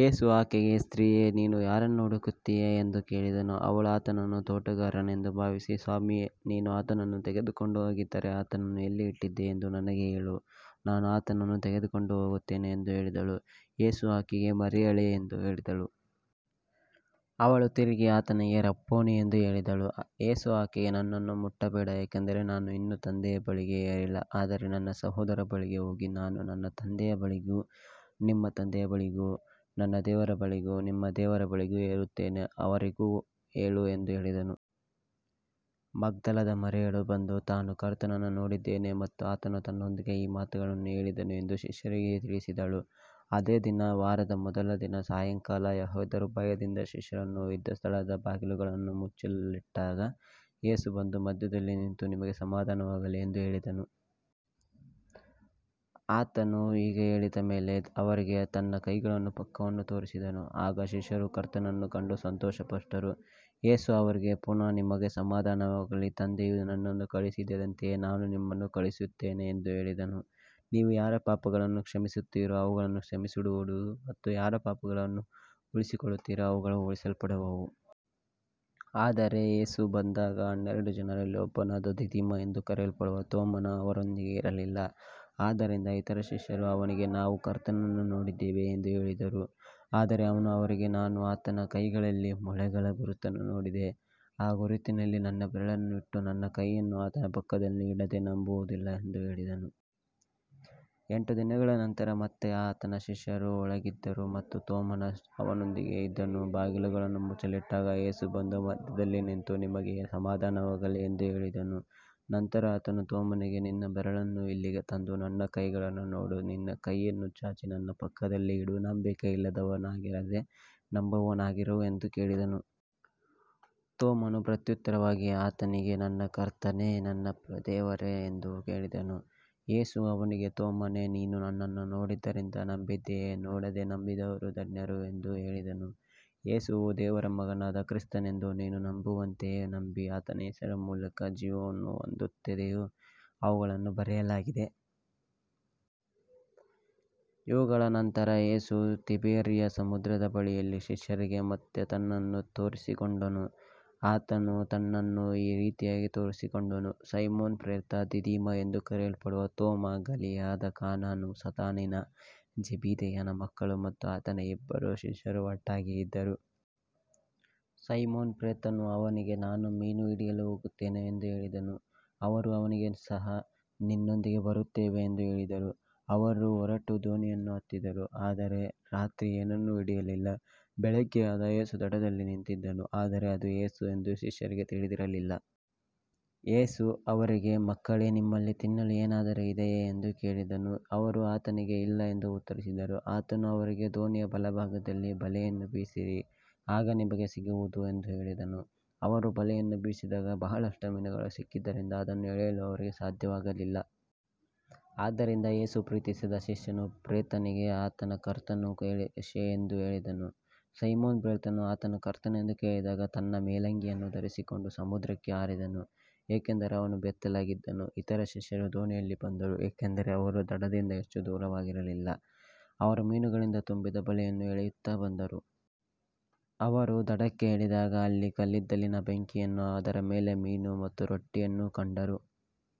ಯೇಸು ಆಕೆಗೆ, ಸ್ತ್ರೀಯೇ, ನೀನು ಯಾರನ್ನು ಹುಡುಕುತ್ತೀಯೆ ಎಂದು ಕೇಳಿದನು. ಅವಳು ಆತನನ್ನು ತೋಟಗಾರನೆಂದು ಭಾವಿಸಿ, ಸ್ವಾಮಿ, ನೀನು ಆತನನ್ನು ತೆಗೆದುಕೊಂಡು ಹೋಗಿದ್ದರೆ, ಆತನನ್ನು ಎಲ್ಲಿ ಇಟ್ಟಿದ್ದೀಯೆಂದು ನನಗೆ ಹೇಳು, ನಾನು ಆತನನ್ನು ತೆಗೆದುಕೊಂಡು ಹೋಗುತ್ತೇನೆ ಎಂದು ಹೇಳಿದಳು. ಯೇಸು ಆಕೆಗೆ, ಮರಿಯಳೇ ಎಂದು ಹೇಳಿದನು. ಅವಳು ತಿರುಗಿ ಆತನಿಗೆ, ರಬ್ಬೋನಿ ಎಂದು ಹೇಳಿದಳು. ಯೇಸು ಆಕೆಗೆ, ನನ್ನನ್ನು ಮುಟ್ಟಬೇಡ, ಏಕೆಂದರೆ ನಾನು ಇನ್ನೂ ತಂದೆಯ ಬಳಿಗೆ ಏರಿಲ್ಲ. ಆದರೆ ನನ್ನ ಸಹೋದರರ ಬಳಿಗೆ ಹೋಗಿ, ನಾನು ನನ್ನ ತಂದೆಯ ಬಳಿಗೂ ನಿಮ್ಮ ತಂದೆಯ ಬಳಿಗೂ, ನನ್ನ ದೇವರ ಬಳಿಗೂ ನಿಮ್ಮ ದೇವರ ಬಳಿಗೂ ಏರುತ್ತೇನೆ ಎಂದು ಅವರಿಗೆ ಹೇಳು ಎಂದು ಹೇಳಿದನು. ಮಗ್ದಲದ ಮರಿಯಳು ಬಂದು, ತಾನು ಕರ್ತನನ್ನು ನೋಡಿದ್ದೇನೆ ಮತ್ತು ಆತನು ತನ್ನೊಂದಿಗೆ ಈ ಮಾತುಗಳನ್ನು ಹೇಳಿದನು ಎಂದು ಶಿಷ್ಯರಿಗೆ ತಿಳಿಸಿದಳು. ಅದೇ ದಿನ, ವಾರದ ಮೊದಲ ದಿನದ ಸಾಯಂಕಾಲ, ಯೆಹೂದ್ಯರ ಭಯದಿಂದ ಶಿಷ್ಯರು ಇದ್ದ ಸ್ಥಳದ ಬಾಗಿಲುಗಳು ಮುಚ್ಚಲ್ಪಟ್ಟಿದ್ದಾಗ, ಯೇಸು ಬಂದು ಮಧ್ಯದಲ್ಲಿ ನಿಂತು, ನಿಮಗೆ ಸಮಾಧಾನವಾಗಲಿ ಎಂದು ಹೇಳಿದನು. ಆತನು ಹೀಗೆ ಹೇಳಿದ ಮೇಲೆ ಅವರಿಗೆ ತನ್ನ ಕೈಗಳನ್ನೂ ಪಕ್ಕವನ್ನೂ ತೋರಿಸಿದನು. ಆಗ ಶಿಷ್ಯರು ಕರ್ತನನ್ನು ಕಂಡು ಸಂತೋಷಪಟ್ಟರು. ಯೇಸು ಅವರಿಗೆ ಪುನಃ, ನಿಮಗೆ ಸಮಾಧಾನವಾಗಲಿ, ತಂದೆಯು ನನ್ನನ್ನು ಕಳುಹಿಸಿದಂತೆಯೇ ನಾನು ನಿಮ್ಮನ್ನು ಕಳುಹಿಸುತ್ತೇನೆ ಎಂದು ಹೇಳಿದನು. ನೀವು ಯಾರ ಪಾಪಗಳನ್ನು ಕ್ಷಮಿಸುತ್ತೀರೋ ಅವು ಕ್ಷಮಿಸಲ್ಪಡುವವು, ಮತ್ತು ಯಾರ ಪಾಪಗಳನ್ನು ಉಳಿಸಿಕೊಳ್ಳುತ್ತೀರೋ ಅವು ಉಳಿಸಲ್ಪಡುವವು. ಆದರೆ ಯೇಸು ಬಂದಾಗ ಹನ್ನೆರಡು ಜನರಲ್ಲಿ ಒಬ್ಬನಾದ ದಿದಿಮ ಎಂದು ಕರೆಯಲ್ಪಡುವ ತೋಮನು ಅವರೊಂದಿಗೆ ಇರಲಿಲ್ಲ. ಆದ್ದರಿಂದ ಇತರ ಶಿಷ್ಯರು ಅವನಿಗೆ, ನಾವು ಕರ್ತನನ್ನು ನೋಡಿದ್ದೇವೆ ಎಂದು ಹೇಳಿದರು. ಆದರೆ ಅವನು ಅವರಿಗೆ, ನಾನು ಆತನ ಕೈಗಳಲ್ಲಿ ಮೊಳೆಗಳ ಗುರುತನ್ನು ನೋಡದೆ, ಆ ಗುರುತಿನಲ್ಲಿ ನನ್ನ ಬೆರಳನ್ನು ಇಟ್ಟು, ನನ್ನ ಕೈಯನ್ನು ಆತನ ಪಕ್ಕದಲ್ಲಿ ಇಡದೆ ನಂಬುವುದಿಲ್ಲ ಎಂದು ಹೇಳಿದನು. ಎಂಟು ದಿನಗಳ ನಂತರ ಮತ್ತೆ ಆತನ ಶಿಷ್ಯರು ಒಳಗಿದ್ದರು ಮತ್ತು ತೋಮನು ಅವರೊಂದಿಗೆ ಇದ್ದನು. ಬಾಗಿಲುಗಳು ಮುಚ್ಚಲ್ಪಟ್ಟಿದ್ದಾಗ ಯೇಸು ಬಂದು ಮಧ್ಯದಲ್ಲಿ ನಿಂತು, ನಿಮಗೆ ಸಮಾಧಾನವಾಗಲಿ ಎಂದು ಹೇಳಿದನು. ನಂತರ ಆತನು ತೋಮನಿಗೆ, ನಿನ್ನ ಬೆರಳನ್ನು ಇಲ್ಲಿಗೆ ತಂದು ನನ್ನ ಕೈಗಳನ್ನು ನೋಡು, ನಿನ್ನ ಕೈಯನ್ನು ಚಾಚಿ ನನ್ನ ಪಕ್ಕದಲ್ಲಿ ಇಡು, ನಂಬಿಕೆಯಿಲ್ಲದವನಾಗಿರದೆ ನಂಬುವವನಾಗಿರು ಎಂದು ಹೇಳಿದನು. ತೋಮನು ಪ್ರತ್ಯುತ್ತರವಾಗಿ ಆತನಿಗೆ, ನನ್ನ ಕರ್ತನೇ ಮತ್ತು ನನ್ನ ದೇವರೇ ಎಂದು ಹೇಳಿದನು. ಯೇಸು ಅವನಿಗೆ, ತೋಮನೇ, ನೀನು ನನ್ನನ್ನು ನೋಡಿದ್ದರಿಂದ ನಂಬಿದ್ದೀಯೆ. ನೋಡದೆ ನಂಬಿದವರು ಧನ್ಯರು ಎಂದು ಹೇಳಿದನು. ಯೇಸುವು ದೇವರ ಮಗನಾದ ಕ್ರಿಸ್ತನೆಂದು ನೀವು ನಂಬುವಂತೆಯೂ, ನಂಬಿ ಆತನ ಹೆಸರಿನ ಮೂಲಕ ಜೀವವನ್ನು ಹೊಂದುವಂತೆಯೂ ಇವುಗಳನ್ನು ಬರೆಯಲಾಗಿದೆ. ಇವುಗಳ ನಂತರ ಯೇಸು ತಿಬೇರಿಯ ಸಮುದ್ರದ ಬಳಿಯಲ್ಲಿ ಶಿಷ್ಯರಿಗೆ ಮತ್ತೆ ತನ್ನನ್ನು ತೋರಿಸಿಕೊಂಡನು. ಆತನು ತನ್ನನ್ನು ಈ ರೀತಿಯಾಗಿ ತೋರಿಸಿಕೊಂಡನು. ಸೈಮೋನ ಪೇತ್ರ, ದಿದಿಮ ಎಂದು ಕರೆಯಲ್ಪಡುವ ತೋಮ, ಗಲಿಲಾಯದ ಕಾನಾದ ನತಾನಯೇಲ, ಜೆಬೆದಾಯನ ಮಕ್ಕಳು ಮತ್ತು ಆತನ ಇತರ ಇಬ್ಬರು ಶಿಷ್ಯರು ಒಟ್ಟಾಗಿ ಇದ್ದರು. ಸೈಮೋನ ಪೇತ್ರನು ಅವರಿಗೆ, ನಾನು ಮೀನು ಹಿಡಿಯಲು ಹೋಗುತ್ತೇನೆ ಎಂದು ಹೇಳಿದನು. ಅವರು ಅವನಿಗೆ, ನಾವು ಸಹ ನಿನ್ನೊಂದಿಗೆ ಬರುತ್ತೇವೆ ಎಂದು ಹೇಳಿದರು. ಅವರು ಹೊರಟು ದೋಣಿಯನ್ನು ಹತ್ತಿದರು, ಆದರೆ ಆ ರಾತ್ರಿ ಏನನ್ನೂ ಹಿಡಿಯಲಿಲ್ಲ. ಬೆಳಿಗ್ಗೆಯಾದಾಗ ಯೇಸು ದಡದಲ್ಲಿ ನಿಂತಿದ್ದನು, ಆದರೆ ಅದು ಯೇಸು ಎಂದು ಶಿಷ್ಯರಿಗೆ ತಿಳಿದಿರಲಿಲ್ಲ. ಯೇಸು ಅವರಿಗೆ, ಮಕ್ಕಳೇ, ನಿಮ್ಮಲ್ಲಿ ತಿನ್ನಲು ಏನಾದರೂ ಇದೆಯೇ ಎಂದು ಕೇಳಿದನು. ಅವರು ಆತನಿಗೆ, ಇಲ್ಲ ಎಂದು ಉತ್ತರಿಸಿದರು. ಆತನು ಅವರಿಗೆ, ದೋಣಿಯ ಬಲಭಾಗದಲ್ಲಿ ಬಲೆಯನ್ನು ಬೀಸಿರಿ, ಆಗ ನಿಮಗೆ ಸಿಗುವುದು ಎಂದು ಹೇಳಿದನು. ಅವರು ಬಲೆಯನ್ನು ಬೀಸಿದಾಗ, ಬಹಳಷ್ಟು ಮೀನುಗಳು ಸಿಕ್ಕಿದ್ದರಿಂದ ಅದನ್ನು ಎಳೆಯಲು ಅವರಿಗೆ ಸಾಧ್ಯವಾಗಲಿಲ್ಲ. ಆದ್ದರಿಂದ ಯೇಸು ಪ್ರೀತಿಸಿದ ಶಿಷ್ಯನು ಪೇತ್ರನಿಗೆ, ಆತನು ಕರ್ತನು ಎಂದು ಹೇಳಿದನು. ಸೈಮೋನ ಪೇತ್ರನು ಆತನು ಕರ್ತನೆಂದು ಕೇಳಿದಾಗ, ತನ್ನ ಮೇಲಂಗಿಯನ್ನು ಧರಿಸಿಕೊಂಡು ಸಮುದ್ರಕ್ಕೆ ಹಾರಿದನು, ಏಕೆಂದರೆ ಅವನು ಬೆತ್ತಲಾಗಿದ್ದನು. ಇತರ ಶಿಷ್ಯರು ದೋಣಿಯಲ್ಲಿ ಬಂದರು, ಏಕೆಂದರೆ ಅವರು ದಡದಿಂದ ಹೆಚ್ಚು ದೂರದಲ್ಲಿರಲಿಲ್ಲ. ಅವರು ಮೀನುಗಳಿಂದ ತುಂಬಿದ ಬಲೆಯನ್ನು ಎಳೆಯುತ್ತಾ ಬಂದರು. ಅವರು ದಡಕ್ಕೆ ಇಳಿದಾಗ ಅಲ್ಲಿ ಕಲ್ಲಿದ್ದಲಿನ ಬೆಂಕಿಯನ್ನೂ ಅದರ ಮೇಲೆ ಮೀನು ಮತ್ತು ರೊಟ್ಟಿಯನ್ನೂ ಕಂಡರು.